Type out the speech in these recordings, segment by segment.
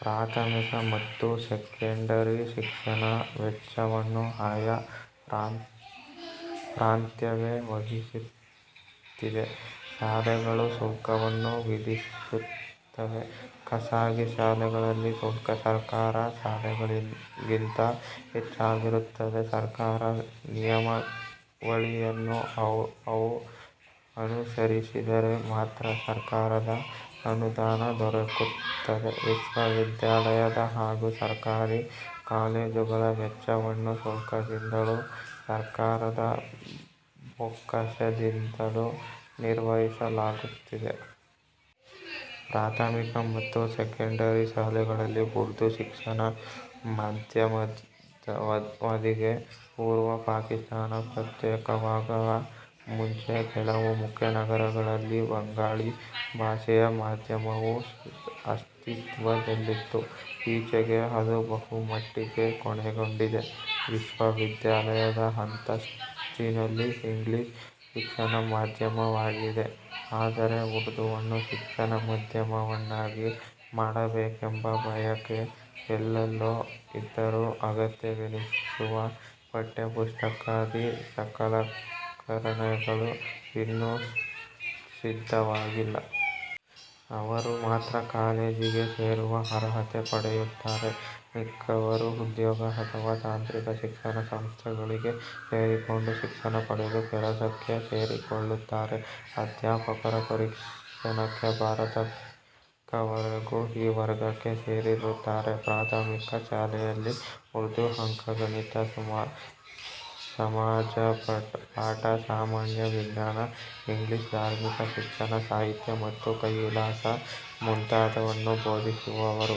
ಪ್ರಾಥಮಿಕ ಮತ್ತು ಸೆಕೆಂಡರಿ ಶಿಕ್ಷಣದ ವೆಚ್ಚವನ್ನು ಆಯಾ ಪ್ರಾಂತ್ಯವೇ ವಹಿಸುತ್ತಿದೆ. ಶಾಲೆಗಳು ಶುಲ್ಕವನ್ನು ವಿಧಿಸುತ್ತವೆ, ಖಾಸಗಿ ಶಾಲೆಗಳಲ್ಲಿ ಶುಲ್ಕ ಸರ್ಕಾರದ ಶಾಲೆಗಳಿಗಿಂತ ಹೆಚ್ಚಾಗಿರುತ್ತದೆ. ಸರ್ಕಾರದ ನಿಯಮಾವಳಿಯನ್ನು ಅವು ಅನುಸರಿಸಿದರೆ ಮಾತ್ರ ಸರ್ಕಾರದ ಅನುದಾನ ದೊರಕುತ್ತದೆ. ವಿಶ್ವವಿದ್ಯಾಲಯದ ಹಾಗೂ ಸರ್ಕಾರಿ ಕಾಲೇಜುಗಳ ವೆಚ್ಚವನ್ನು ಶುಲ್ಕದಿಂದಲೂ ಸರ್ಕಾರದ ಬೊಕ್ಕಸದಿಂದಲೂ ನಿರ್ವಹಿಸಲಾಗುತ್ತಿದೆ. ಪ್ರಾಥಮಿಕ ಮತ್ತು ಸೆಕೆಂಡರಿ ಶಾಲೆಗಳಲ್ಲಿ ಉರ್ದು ಶಿಕ್ಷಣಮಾಧ್ಯಮವಾಗಿದೆ. ಪೂರ್ವ ಪಾಕಿಸ್ತಾನ ಪ್ರತ್ಯೇಕವಾಗುವಮುಂಚೆ ಕೆಲವು ಮುಖ್ಯ ನಗರಗಳಲ್ಲಿ ಬಂಗಾಳಿ ಭಾಷೆಯ ಮಾಧ್ಯಮವೂ ಅಸ್ತಿತ್ವದಲ್ಲಿತ್ತು. ಈಚೆಗೆ ಅದು ಬಹುಮಟ್ಟಿಗೆ ಕೊನೆಗೊಂಡಿದೆ. ವಿಶ್ವವಿದ್ಯಾಲಯದ ಅಂತಸ್ತಿನಲ್ಲಿ ಇಂಗ್ಲಿಷ್ ಶಿಕ್ಷಣ ಮಾಧ್ಯಮವಾಗಿದೆ. ಆದರೆ ಉರ್ದುವನ್ನು ಶಿಕ್ಷಣಮಾಧ್ಯಮವನ್ನಾಗಿ ಮಾಡಬೇಕೆಂಬ ಬಯಕೆ ಎಲ್ಲೆಲ್ಲೂ ಇದ್ದರೂ ಅಗತ್ಯವೆನಿಸುವ ಪಠ್ಯಪುಸ್ತಕಾದಿ ಸಲಕರಣೆಗಳು ಇನ್ನೂ ಸಿದ್ಧವಾಗಿಲ್ಲ. ಅವರು ಮಾತ್ರ ಕಾಲೇಜಿಗೆ ಸೇರುವ ಅರ್ಹತೆ ಪಡೆಯುತ್ತಾರೆ. ಮಿಕ್ಕವರು ಉದ್ಯೋಗ ಅಥವಾ ತಾಂತ್ರಿಕ ಶಿಕ್ಷಣ ಸಂಸ್ಥೆಗಳಿಗೆ ಸೇರಿಕೊಂಡು ಶಿಕ್ಷಣ ಪಡೆದು ಕೆಲಸಕ್ಕೆ ಸೇರಿಕೊಳ್ಳುತ್ತಾರೆ. ಅಧ್ಯಾಪಕರ ಪ್ರಶಿಕ್ಷಣಕ್ಕೆ ಬರತಕ್ಕವರೂ ಈ ವರ್ಗಕ್ಕೆ ಸೇರಿರುತ್ತಾರೆ. ಪ್ರಾಥಮಿಕ ಶಾಲೆಯಲ್ಲಿ ಉರ್ದು, ಅಂಕಗಣಿತ, ಸಮಾಜಪಾಠ, ಸಾಮಾನ್ಯ ವಿಜ್ಞಾನ, ಇಂಗ್ಲಿಷ್, ಧಾರ್ಮಿಕ ಶಿಕ್ಷಣ, ಸಾಹಿತ್ಯ ಮತ್ತು ಕೈಕೆಲಸ ಮುಂತಾದವನ್ನು ಬೋಧಿಸುವರು.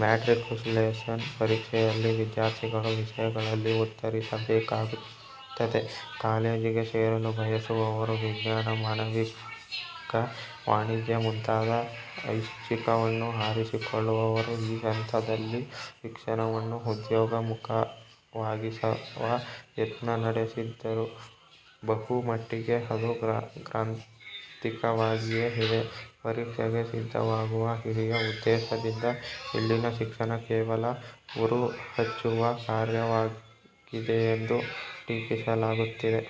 ಮೆಟ್ರಿಕ್ಯುಲೇಶನ್ ಪರೀಕ್ಷೆಯಲ್ಲಿ ವಿದ್ಯಾರ್ಥಿಗಳು ವಿಷಯಗಳಲ್ಲಿ ಉತ್ತರಿಸಬೇಕಾಗುತ್ತದೆ. ಕಾಲೇಜಿಗೆ ಸೇರಲು ಬಯಸುವವರು ವಿಜ್ಞಾನ, ಮಾನವಿಕ, ವಾಣಿಜ್ಯ ಮುಂತಾದ ಐಚ್ಛಿಕವನ್ನು ಆರಿಸಿಕೊಳ್ಳುವರು. ಈ ಹಂತದಲ್ಲಿ ಶಿಕ್ಷಣವನ್ನು ಉದ್ಯೋಗಮುಖವಾಗಿಸುವ ಯತ್ನ ನಡೆದಿದ್ದರೂ ಬಹುಮಟ್ಟಿಗೆ ಅದು ಗ್ರಾಂಥಿಕವಾಗಿಯೇ ಇದೆ. ಪರೀಕ್ಷೆಗೆ ಸಿದ್ಧವಾಗುವ ಹಿರಿಯ ಉದ್ದೇಶದಿಂದ ಇಲ್ಲಿನ ಶಿಕ್ಷಣ ಕೇವಲ ಉರುಹಚ್ಚುವ ಕಾರ್ಯವಾಗಿದೆಯೆಂದು ಟೀಕಿಸಲಾಗುತ್ತಿದೆ.